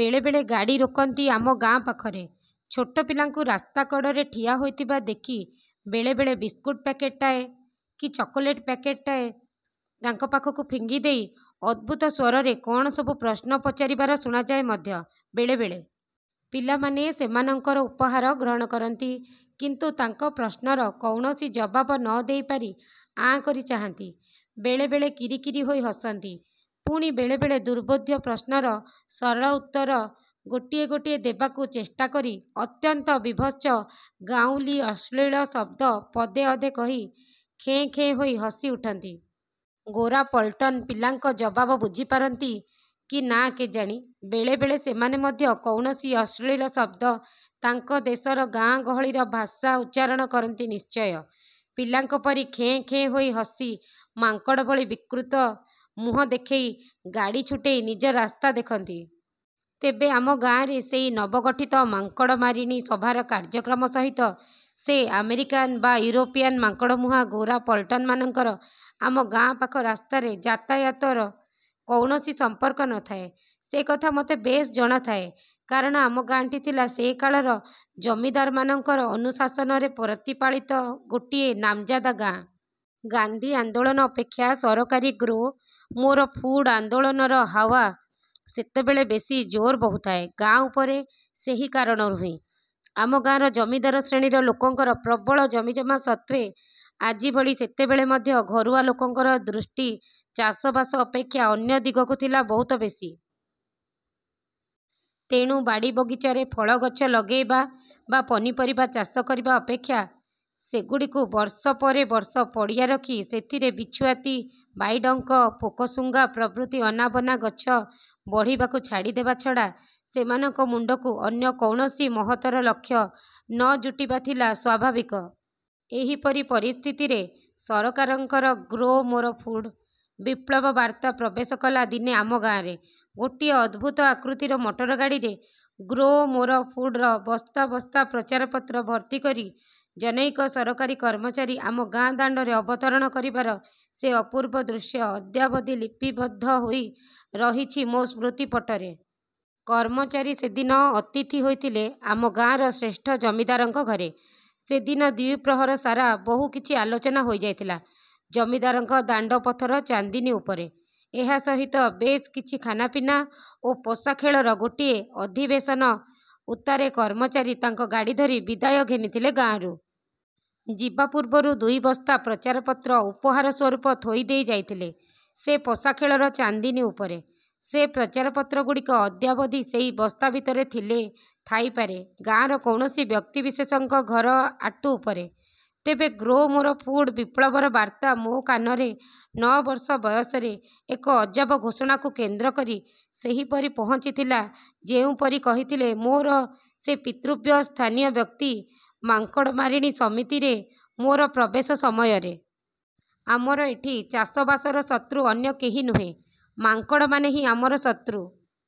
ବେଳେ ବେଳେ ଗାଡ଼ି ରୋକନ୍ତି ଆମ ଗାଁ ପାଖରେ। ଛୋଟ ପିଲାଙ୍କୁ ରାସ୍ତା କଡ଼ରେ ଠିଆ ହୋଇଥିବା ଦେଖି ବେଳେ ବେଳେ ବିସ୍କୁଟ ପ୍ୟାକେଟଟାଏ କି ଚକୋଲେଟ ପ୍ୟାକେଟଟାଏ ତାଙ୍କ ପାଖକୁ ଫିଙ୍ଗିଦେଇ ଅଦ୍ଭୁତ ସ୍ୱରରେ କ'ଣ ସବୁ ପ୍ରଶ୍ନ ପଚାରିବାର ଶୁଣାଯାଏ ମଧ୍ୟ ବେଳେ ବେଳେ। ପିଲାମାନେ ସେମାନଙ୍କର ଉପହାର ଗ୍ରହଣ କରନ୍ତି। କିନ୍ତୁ ତାଙ୍କ ପ୍ରଶ୍ନର କୌଣସି ଜବାବ ନ ଦେଇପାରି ଆଁ କରି ଚାହାନ୍ତି। ବେଳେ ବେଳେ କିରିକିରି ହୋଇ ହସନ୍ତି। ପୁଣି ବେଳେ ବେଳେ ଦୁର୍ବୋଧ୍ୟ ପ୍ରଶ୍ନର ସରଳ ଉତ୍ତର ଗୋଟିଏ ଗୋଟିଏ ଦେବାକୁ ଚେଷ୍ଟା କରି ଅତ୍ୟନ୍ତ ବୀଭତ୍ସ ଗାଉଁଲୀ ଅଶ୍ଳୀଳ ଶବ୍ଦ ପଦେ ଅଧେ କହି ଖେଁ ଖେଁ ହୋଇ ହସିଉଠନ୍ତି। ଗୋରା ପଲଟନ ପିଲାଙ୍କ ଜବାବ ବୁଝିପାରନ୍ତି କି ନା କେଜାଣି। ବେଳେ ବେଳେ ସେମାନେ ମଧ୍ୟ କୌଣସି ଅଶ୍ଳୀଳ ଶବ୍ଦ, ତାଙ୍କ ଦେଶର ଗାଁ ଗହଳିର ଭାଷା ଉଚ୍ଚାରଣ କରନ୍ତି ନିଶ୍ଚୟ। ପିଲାଙ୍କ ପରି ଖେଁ ଖେଁ ହୋଇ ହସି, ମାଙ୍କଡ଼ ଭଳି ବିକୃତ ମୁହଁ ଦେଖେଇ, ଗାଡ଼ି ଛୁଟେଇ ନିଜ ରାସ୍ତା ଦେଖନ୍ତି। ତେବେ ଆମ ଗାଁରେ ସେଇ ନବଗଠିତ ମାଙ୍କଡ଼ମାରିଣୀ ସଭାର କାର୍ଯ୍ୟକ୍ରମ ସହିତ ସେ ଆମେରିକାନ ବା ୟୁରୋପିଆନ ମାଙ୍କଡ଼ମୁହାଁ ଗୋରା ପଲଟନମାନଙ୍କର ଆମ ଗାଁ ପାଖ ରାସ୍ତାରେ ଯାତାୟାତରେ କୌଣସି ସମ୍ପର୍କ ନ ଥାଏ, ସେକଥା ମତେ ବେଶ୍ ଜଣାଥାଏ। କାରଣ ଆମ ଗାଁଟି ଥିଲା ସେ କାଳର ଜମିଦାରମାନଙ୍କର ଅନୁଶାସନରେ ପ୍ରତିପାଳିତ ଗୋଟିଏ ନାମଜାଦା ଗାଁ। ଗାନ୍ଧୀ ଆନ୍ଦୋଳନ ଅପେକ୍ଷା ସରକାରୀ ଗ୍ରୋ ମୋର ଫୁଡ ଆନ୍ଦୋଳନର ହାୱା ସେତେବେଳେ ବେଶି ଜୋର ବହୁଥାଏ ଗାଁ ଉପରେ ସେହି କାରଣରୁ ହିଁ। ଆମ ଗାଁର ଜମିଦାର ଶ୍ରେଣୀର ଲୋକଙ୍କର ପ୍ରବଳ ଜମିଜମା ସତ୍ତ୍ୱେ ଆଜି ଭଳି ସେତେବେଳେ ମଧ୍ୟ ଘରୁଆ ଲୋକଙ୍କର ଦୃଷ୍ଟି ଚାଷବାସ ଅପେକ୍ଷା ଅନ୍ୟ ଦିଗକୁ ଥିଲା ବହୁତ ବେଶି। ତେଣୁ ବାଡ଼ିବଗିଚାରେ ଫଳଗଛ ଲଗେଇବା ବା ପନିପରିବା ଚାଷ କରିବା ଅପେକ୍ଷା ସେଗୁଡ଼ିକୁ ବର୍ଷ ପରେ ବର୍ଷ ପଡ଼ିଆ ରଖି ସେଥିରେ ବିଛୁଆତି, ବାଇଡ଼ଙ୍କ, ପୋକଶୁଙ୍ଗା ପ୍ରଭୃତି ଅନାବନା ଗଛ ବଢ଼ିବାକୁ ଛାଡ଼ିଦେବା ଛଡ଼ା ସେମାନଙ୍କ ମୁଣ୍ଡକୁ ଅନ୍ୟ କୌଣସି ମହତ୍ତର ଲକ୍ଷ୍ୟ ନ ଯୁଟିବା ଥିଲା ସ୍ୱାଭାବିକ। ଏହିପରି ପରିସ୍ଥିତିରେ ସରକାରଙ୍କର 'ଗ୍ରୋ ମୋର ଫୁଡ' ବିପ୍ଳବ ବାର୍ତ୍ତା ପ୍ରବେଶ କଲା ଦିନେ ଆମ ଗାଁରେ। ଗୋଟିଏ ଅଦ୍ଭୁତ ଆକୃତିର ମଟରଗାଡ଼ିରେ 'ଗ୍ରୋ ମୋର ଫୁଡ'ର ବସ୍ତା ବସ୍ତା ପ୍ରଚାରପତ୍ର ଭର୍ତ୍ତି କରି ଜନୈକ ସରକାରୀ କର୍ମଚାରୀ ଆମ ଗାଁ ଦାଣ୍ଡରେ ଅବତରଣ କରିବାର ସେ ଅପୂର୍ବ ଦୃଶ୍ୟ ଅଦ୍ୟାବଧି ଲିପିବଦ୍ଧ ହୋଇ ରହିଛି ମୋ ସ୍ମୃତିପଟରେ। କର୍ମଚାରୀ ସେଦିନ ଅତିଥି ହୋଇଥିଲେ ଆମ ଗାଁର ଶ୍ରେଷ୍ଠ ଜମିଦାରଙ୍କ ଘରେ। ସେଦିନ ଦ୍ୱିପ୍ରହର ସାରା ବହୁ କିଛି ଆଲୋଚନା ହୋଇଯାଇଥିଲା ଜମିଦାରଙ୍କ ଦାଣ୍ଡ ପଥରଚାନ୍ଦିନୀ ଉପରେ। ଏହା ସହିତ ବେଶ୍ କିଛି ଖାନାପିନା ଓ ପଶାଖେଳର ଗୋଟିଏ ଅଧିବେଶନ ଉତ୍ତାରେ କର୍ମଚାରୀ ତାଙ୍କ ଗାଡ଼ି ଧରି ବିଦାୟ ଘେନିଥିଲେ ଗାଁରୁ। ଯିବା ପୂର୍ବରୁ ଦୁଇ ବସ୍ତା ପ୍ରଚାରପତ୍ର ଉପହାର ସ୍ୱରୂପ ଥୋଇଦେଇ ଯାଇଥିଲେ ସେ ପଶାଖେଳର ଚାନ୍ଦିନୀ ଉପରେ। ସେ ପ୍ରଚାରପତ୍ରଗୁଡ଼ିକ ଅଦ୍ୟାବଧି ସେଇ ବସ୍ତା ଭିତରେ ଥିଲେ ଥାଇପାରେ ଗାଁର କୌଣସି ବ୍ୟକ୍ତିବିଶେଷଙ୍କ ଘର ଆଟୁ ଉପରେ। ତେବେ 'ଗ୍ରୋ ମୋର ଫୁଡ' ବିପ୍ଳବର ବାର୍ତ୍ତା ମୋ କାନରେ, ନଅ ବର୍ଷ ବୟସରେ, ଏକ ଅଜବ ଘୋଷଣାକୁ କେନ୍ଦ୍ର କରି ସେହିପରି ପହଞ୍ଚିଥିଲା ଯେଉଁପରି କହିଥିଲେ ମୋର ସେ ପିତୃବ୍ୟ ସ୍ଥାନୀୟ ବ୍ୟକ୍ତି, ମାଙ୍କଡ଼ମାରିଣୀ ସମିତିରେ ମୋର ପ୍ରବେଶ ସମୟରେ। ଆମର ଏଠି ଚାଷବାସର ଶତ୍ରୁ ଅନ୍ୟ କେହି ନୁହେଁ, ମାଙ୍କଡ଼ମାନେ ହିଁ ଆମର ଶତ୍ରୁ।